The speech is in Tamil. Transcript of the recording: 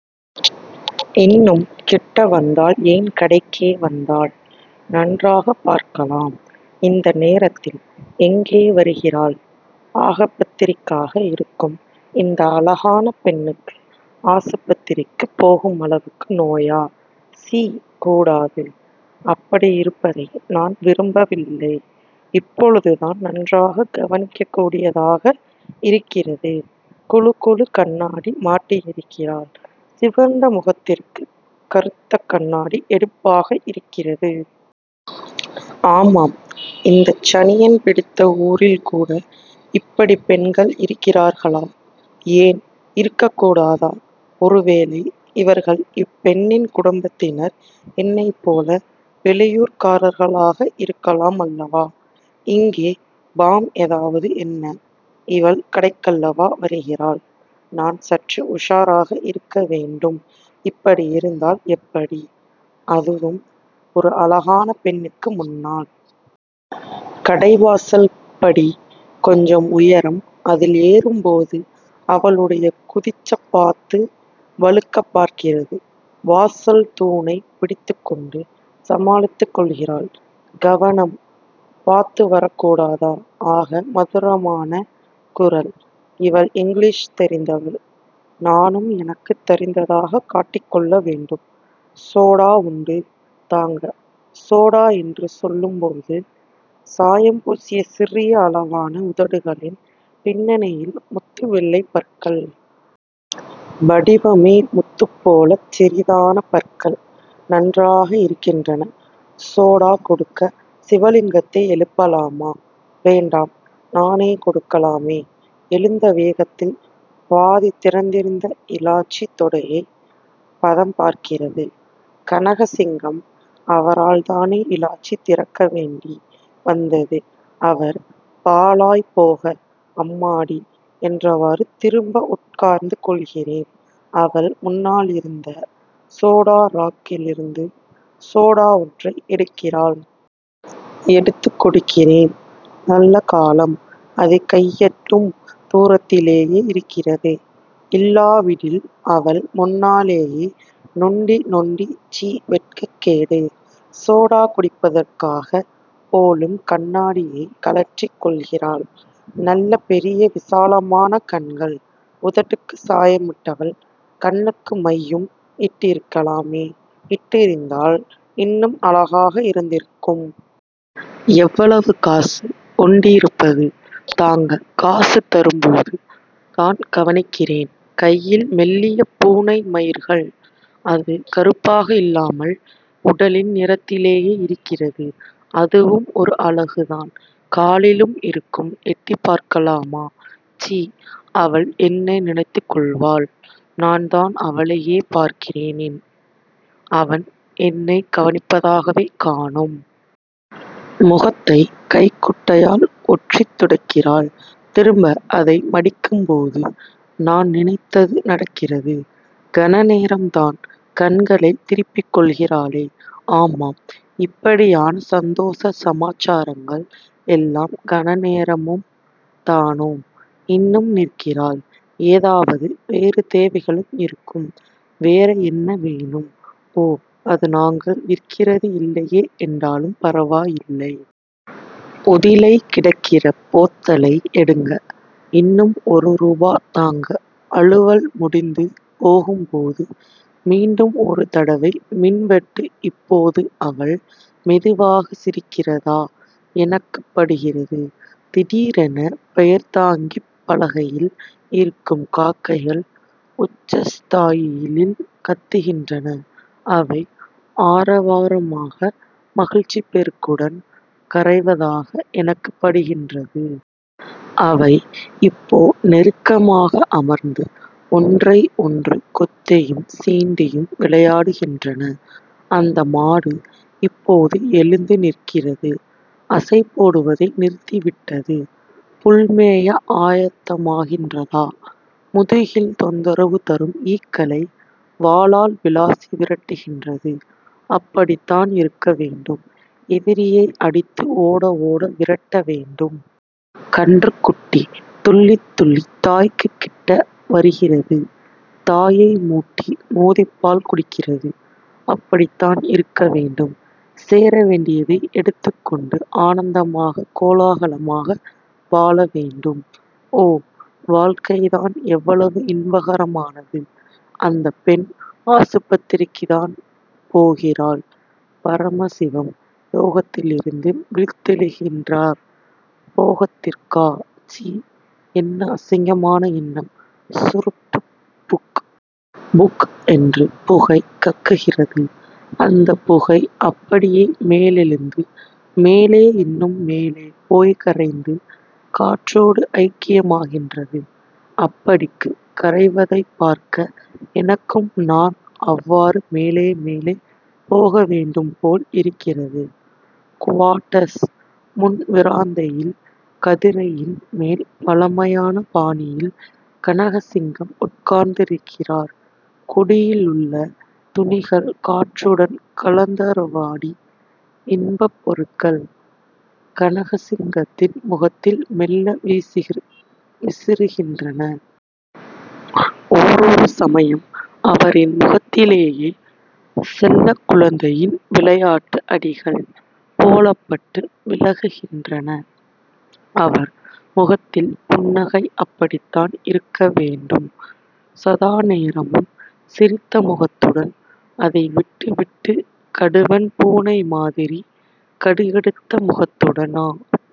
இன்னும் கிட்டவந்தால் ஏன் கடைக்கே வந்தால்? நன்றாகப் பார்க்கலாம். இந்த நேரத்தில் எங்கே வருகிறாள்? ஆகப்பத்திரிக்காக இருக்கும். இந்த அழகான பெண்ணுக்கு ஆசுப்பத்திரி க்குப் போகுமளவுக்கு நோயா? சீ கூடாது. அப்படியிருப்பதை நான் விரும்பவில்லை. இப்பொழுதுதான் நன்றாகக் கவனிக்கக்கூடியதாக இருக்கிறது. குழுகுழு கண்ணாடி மாட்டியிருக்கிறாள். சிவந்த முகத்திற்கு கறுத்தக் கண்ணாடி எடுப்பாக இருக்கிறது. ஆமாம் இந்தச் சனியன் பிடித்த ஊரில்கூட இப்படிப் பெண்கள் இருக்கிறார்களா? ஏன் இருக்கக் கூடாது? ஒருவேளை இவர்கள் இப்பெண்ணின் குடும்பத்தினர் என்னைப்போல வெளியூர்க்காரர்களாக இருக்கலாமல்லவா? இங்கே பாம் எதாவது என்ன இவள் கடைக்கல்லவா வருகிறாள்? நான் சற்று உஷாராக இருக்கவேண்டும். இப்படி இருந்தால் எப்படி? அதுவும் ஒரு அழகான பெண்ணுக்கு முன்னால். கடைவாசல்படி கொஞ்சம் உயரம். அதில் ஏறும்போது அவளுடைய குதிச்சப்பாத்து வழுக்கப் பார்க்கிறது. வாசல் தூணைப் பிடித்துக்கொண்டு சமாளித்துக் கொள்கிறாள் கவனம் பாத்துவரக்கூடாதா ஆகா மதுரமான குரல் இவள் இங்கிலீசு தெரிந்தவள். நானும் எனக்குத் தெரிந்ததாகக் காட்டிக்கொள்ளவேண்டும். சோடா ஒண்டு தாங்க சோடா என்று சொல்லும்போது சாயம்பூசிய சிறிய அளவான உதடுகளின் பின்னணியில் முத்து வெள்ளைப் பற்கள்... வடிவமே முத்துப்போலச் சிறிதான பற்கள். நன்றாக இருக்கின்றன. சோடா கொடுக்க சிவலிங்கத்தை எழுப்பலாமா? வேண்டாம் நானே கொடுக்கலாமே! எழுந்த வேகத்தில் பாதி திறந்திருந்த இலாச்சி தொடையைப் பதம்பார்க்கிறது. கனகசிங்கம்... அவரால்தானே இலாச்சி திறக்கவேண்டி வந்தது அவர் பாழாய்ப்போக...அம்மாடி என்றவாறு திரும்ப உட்கார்ந்து கொள்கிறேன். அவள் முன்னாலிருந்த சோடா ராக் கிலிருந்து சோடா ஒன்றை எடுக்கிறாள். எடுத்துக் கொடுக்கிறேன். நல்லகாலம் அது கையெட்டும் தூரத்திலேயே இருக்கிறது. இல்லாவிடில் அவள் முன்னாலேயே நொண்டி நொண்டி சீ வெட்கக்கேடு. சோடா குடிப்பதற்காகப் போலும், கண்ணாடியைக் கழற்றிக் கொள்கிறாள். நல்ல பெரிய விசாலமான கண்கள். உதட்டுக்குச் சாயமிட்டவள் கண்ணுக்கு மையும் இட்டிருக்கலாமே இட்டிருந்தால் இன்னும் அழகாக இருந்திருக்கும். எவ்வளவு காசு.ஒண்டிருபது தாங்க... காசு தரும்போது தான் கவனிக்கிறேன். கையில் மெல்லிய பூனை மயிர்கள். அது கறுப்பாக இல்லாமல் உடலின் நிறத்திலேயே இருக்கிறது. அதுவும் ஒரு அழகுதான்.... காலிலும் இருக்கும், எட்டிப்பார்க்கலாமா? சீ அவள் என்ன நினைத்துக் கொள்வாள்...? நான்தான் அவளையே பார்க்கிறேனே அவன் என்னைக் கவனிப்பதாகவே காணோம்... முகத்தைக் கைக்குட்டையால் ஒற்றித்துடைக்கிறாள். திரும்ப அதை மடிக்கும்போது... நான் நினைத்தது நடக்கிறது. கணநேரம் தான். கண்களைத் திரும்பிக்கொள்கிறாளே ஆமாம், இப்படியான சந்தோச சமாச்சாரங்கள் எல்லாம் கணநேரமோ தானோ? இன்னும் நிற்கிறாள். ஏதாவது வேறு தேவைகளும் இருக்கும்...வேற என்ன வேணும்? ஓ அது நாங்கள் விக்கிறதில்லையே என்றாலும் பரவாயில்லை.. உதிலை கிடக்கிற போத்தலை எடுங்க. இன்னும் ஒரு ரூபா தாங்க அலுவல் முடிந்து போகும்போது மீண்டும் ஒரு தடவை மின்வெட்டு இப்போது அவள் மெதுவாக சிரிக்கிறதா எனக்குப்படுகிறது. திடீரென பெயர்தாங்கிப் பலகையில் இருக்கம் காக்கைகள் உச்சஸ் தாயியில் கத்துகின்றன. அவை ஆரவாரமாக.... மகிழ்ச்சிப்பெருக்குடன் கரைவதாக எனக்குப் படுகின்றது. அவை இப்போ நெருக்கமாக அமர்ந்து ஒன்றைஒன்று கொத்தியும் சீண்டியும் விளையாடுகின்றன. அந்த மாடு இப்போது எழுந்து நிற்கிறது. அசைபோடுவதை நிறுத்திவிட்டது. புல்மேய ஆயத்தமாகின்றதா?... முதுகில் தொந்தரவு தரும் ஈக்களை வாலால் விளாசி விரட்டுகின்றது. அப்படித் தான் இருக்கவேண்டும் எதிரியை அடித்து ஓட.... ஓட விரட்ட வேண்டும். கன்றுக்குட்டி துள்ளித் துள்ளி தாய்க்குக்கிட்ட வருகிறது. தாயைமுட்டி மோதிப் பால் குடிக்கிறது. அப்படித்தான் இருக்கவேண்டும். சேரவேண்டியதை எடுத்துக்கொண்டு ஆனந்தமாக... கோலாகலமாக வாழவேண்டும். ஓ! வாழ்க்கைதான் எவ்வளவு இன்பகரமானது.. அந்தப்பெண் ஆசுப்பத்திரிக்கேதான் போகிறாள். பரமசிவம் யோகத்திலிருந்து விழித்தெழுகின்றார். போகத்திற்கா? சி. என்ன அசிங்கமான எண்ணம்... சுருட்டு புக்.. புக்... என்று புகை கக்குகிறது. அந்தப்புகை அப்படியே மேலெழுந்து. மேலே... இன்னும் மேலே போய்க்கரைந்து காற்றோடு ஐக்கியமாகின்றது. அப்படிக் கரைவதைப்பார்க்க, எனக்கும் நான் அவ்வாறு மேலே மேலே போக வேண்டும் போல் இருக்கிறது. குவாட்டஸ் முன்விறாந்தையில் கதிரையின் மேல் வழமையான பாணியில் கனகசிங்கம் உட்கார்ந்திருக்கிறார். கொடியிலுள்ள துணிகள் காற்றுடன் கலந்துறவாடி இன்பப் பொருட்கள் கனகசிங்கத்தின் முகத்தில் மெல்ல விசிறுகின்றன. ஓரொரு சமயம் அவரின் முகத்திலேயே செல்லக்குழந்தையின் விளையாட்டு அடிகள் போலப்பட்டு விலகுகின்றன. அவர் முகத்தில் புன்னகை. அப்படித்தான் இருக்கவேண்டும்.... சதாநேரமும் சிரித்த முகத்துடன் அதைவிட்டு விட்டு கடுவன் பூனைமாதிரி கடுகடுத்த முகத்துடனா?